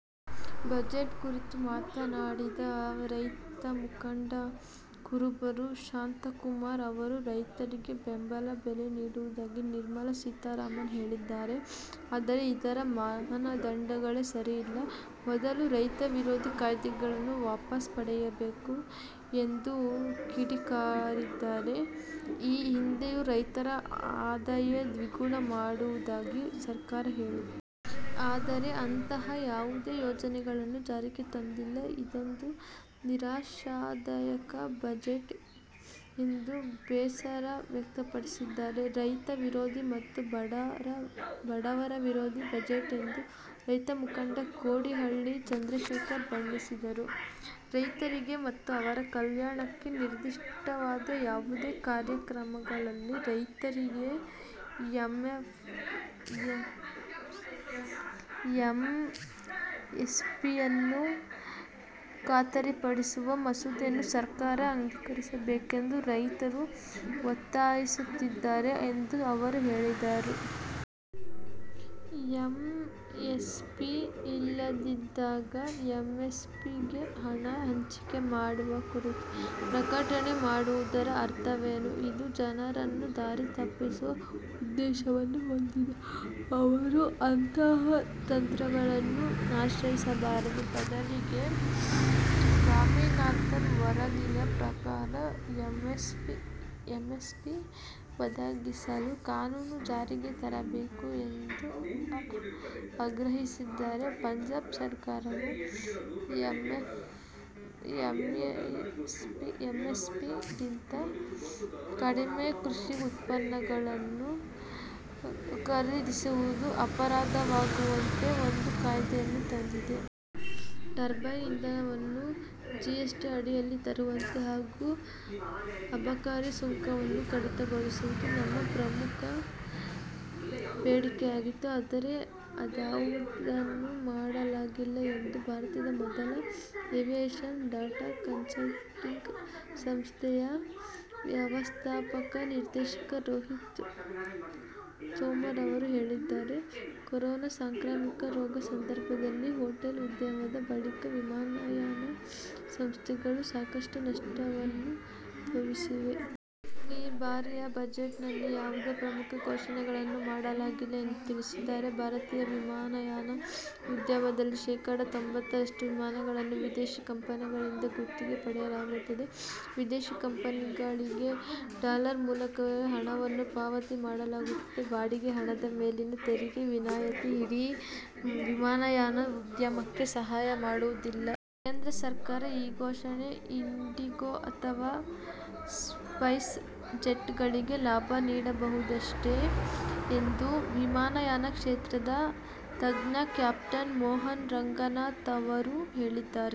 Budget ಕುರಿತು ಮಾತನಾಡಿದ ರೈತಮುಖಂಡ ಕುರುಬೂರು ಶಾಂತಕುಮಾರ್ ಅವರು, ರೈತರಿಗೆ ಬೆಂಬಲ ಬೆಲೆ ನೀಡುವುದಾಗಿ ನಿರ್ಮಲಾ ಸೀತಾರಾಮನ್ ಹೇಳಿದ್ದಾರೆ. ಆದರೆ, ಇದರ ಮಾನದಂಡಗಳೇ ಸರಿಯಿಲ್ಲ. ಮೊದಲು ರೈತ ವಿರೋಧಿ ಕಾಯ್ದೆಗಳನ್ನು ವಾಪಸ್ಸ್ ಪಡೆಯಬೇಕು ಎಂದು ಕಿಡಿಕಾರಿದ್ದಾರೆ. ಈ ಹಿಂದೆಯೂ ರೈತರ ಆದಾಯ ದ್ವಿಗುಣ ಮಾಡುವುದಾಗಿ ಸರ್ಕಾರ ಹೇಳಿತ್ತು. ಆದರೆ, ಅಂತಹ ಯಾವುದೇ ಯೋಜನೆಗಳನ್ನು ಜಾರಿಗೆ ತಂದಿಲ್ಲ. ಇದೊಂದು ನಿರಾಶಾದಾಯಕ ಬಜೆಟ್ ಎಂದು ಬೇಸರವ್ಯಕ್ತಪಡಿಸಿದ್ದಾರೆ. ರೈತ ವಿರೋಧಿ ಮತ್ತು ಬಡ ವರ ವಿರೋಧಿ ಬಜೆಟ್ ಎಂದು ರೈತ ಮುಖಂಡ ಕೋಡಿಹಳ್ಳಿ ಚಂದ್ರಶೇಖರ್ ಬಣ್ಣಿಸಿದರು. ರೈತರಿಗೆ ಮತ್ತು ಅವರ ಕಲ್ಯಾಣಕ್ಕೆ ನಿರ್ದಿಷ್ಟವಾದ ಯಾವುದೇ ಕಾರ್ಯಕ್ರಮಗಳಿಲ್ಲ, ರೈತರಿಗೆ ಎಂಎಸ್ಪಿಯನ್ನು ಖಾತರಿಪಡಿಸುವ ಮಸೂದೆಯನ್ನು ಸರ್ಕಾರ ಅಂಗೀಕರಿಸಬೇಕೆಂದು ರೈತರು ಒತ್ತಾಯಿಸುತ್ತಿದ್ದಾರೆ ಎಂದು ಅವರು ಹೇಳಿದರು. ಎಂಎಸ್ಪಿ ಇಲ್ಲದಿದ್ದಾಗ, ಎಂಎಸ್ಪಿಗೆ ಹಣ ಹಂಚಿಕೆ ಮಾಡುವ ಕುರಿತು ಪ್ರಕಟಣೆ ಮಾಡುವುದರ ಅರ್ಥವೇನು? ಇದು ಜನರನ್ನು ದಾರಿ ತಪ್ಪಿಸುವ ಉದ್ದೇಶವನ್ನು ಹೊಂದಿದೆ. ಅವರು ಅಂತಹ ತಂತ್ರಗಳನ್ನು ಆಶ್ರಯಿಸಬಾರದು. ಬದಲಿಗೆ ಸ್ವಾಮಿನಾಥನ್ ವರದಿಯ ಪ್ರಕಾರ ಎಂಎಸ್ಪಿ ಒದಗಿಸಲು ಕಾನೂನು ಜಾರಿಗೆ ತರಬೇಕು ಎಂದು ಆಗ್ರಹಿಸಿದ್ದಾರೆ. ಪಂಜಾಬ್ ಸರ್ಕಾರವು ಎಂಎಸ್ಪಿಗಿಂತ ಕಡಿಮೆ ಕೃಷಿ ಉತ್ಪನ್ನಗಳನ್ನು ಖರೀದಿಸುವುದು ಅಪರಾಧವಾಗುವಂತೆ ಒಂದು ಕಾಯ್ದೆಯನ್ನು ತಂದಿದೆ. ಟರ್ಬೈನ್ ಇಂಧನವನ್ನು ಜಿಎಸ್ ಟಿ ಅಡಿಯಲ್ಲಿ ತರುವಂತೆ ಹಾಗೂ ಅಬಕಾರಿ ಸುಂಕವನ್ನು ಕಡಿತಗೊಳಿಸುವುದು ನಮ್ಮ ಪ್ರಮುಖ ಬೇಡಿಕೆಯಾಗಿತ್ತು. ಆದರೆ, ಅದಾವುದನ್ನೂ ಮಾಡಲಾಗಿಲ್ಲ ಎಂದು ಭಾರತದ ಮೊದಲ ಏವಿಯೇಷನ್ ಡಾಟಾ ಕನ್ಸಲ್ಟಿಂಗ್ ಸಂಸ್ಥೆಯ ವ್ಯವಸ್ಥಾಪಕ ನಿರ್ದೇಶಕ ರೋಹಿತ್ ತೋಮರ್ ಅವರು ಹೇಳಿದ್ದಾರೆ. ಕೊರೋನಾ ಸಾಂಕ್ರಾಮಿಕ ರೋಗ ಸಂದರ್ಭದಲ್ಲಿ ಹೋಟೆಲ್ ಉದ್ಯಮದ ಬಳಿಕ ವಿಮಾನಯಾನ ಸಂಸ್ಥೆಗಳು ಸಾಕಷ್ಟು ನಷ್ಟವನ್ನು ಅನುಭವಿಸಿವೆ. ಈ ಬಾರಿಯ ಬಜೆಟ್ ನಲ್ಲಿ ಯಾವುದೇ ಪ್ರಮುಖ ಘೋಷಣೆಗಳನ್ನು ಮಾಡಲಾಗಿಲ್ಲ ಎಂದು ತಿಳಿಸಿದ್ದಾರೆ. ಭಾರತೀಯ ವಿಮಾನಯಾನ ಉದ್ಯಮದಲ್ಲಿ ಶೇಕಡಾ ತೊಂಬತ್ತರಷ್ಟು ವಿಮಾನಗಳನ್ನು ವಿದೇಶಿ ಕಂಪನಿಗಳಿಂದ ಗುತ್ತಿಗೆ ಪಡೆಯಲಾಗುತ್ತದೆ. ವಿದೇಶಿ ಕಂಪನಿಗಳಿಗೆ ಡಾಲರ್ ಮೂಲಕವೇ ಹಣವನ್ನು ಪಾವತಿ ಮಾಡಲಾಗುತ್ತದೆ. ಬಾಡಿಗೆ ಹಣದ ಮೇಲಿನ ತೆರಿಗೆ ವಿನಾಯಿತಿ ಇಡೀ ವಿಮಾನಯಾನ ಉದ್ಯಮಕ್ಕೆ ಸಹಾಯ ಮಾಡುವುದಿಲ್ಲ. ಕೇಂದ್ರ ಸರ್ಕಾರ ಈ ಘೋಷಣೆ ಇಂಡಿಗೋ ಅಥವಾ ಸ್ಪೈಸ್ ಜೆಟ್ ಗಳಿಗೆ ಲಾಭ ನೀಡಬಹುದಷ್ಟೇ ಎಂದು ವಿಮಾನಯಾನ ಕ್ಷೇತ್ರದ ತಜ್ಞ ಕ್ಯಾಪ್ಟೆನ್ ಮೋಹನ್ ರಂಗನಾಥ್ ಅವರು ಹೇಳಿದ್ದಾರೆ.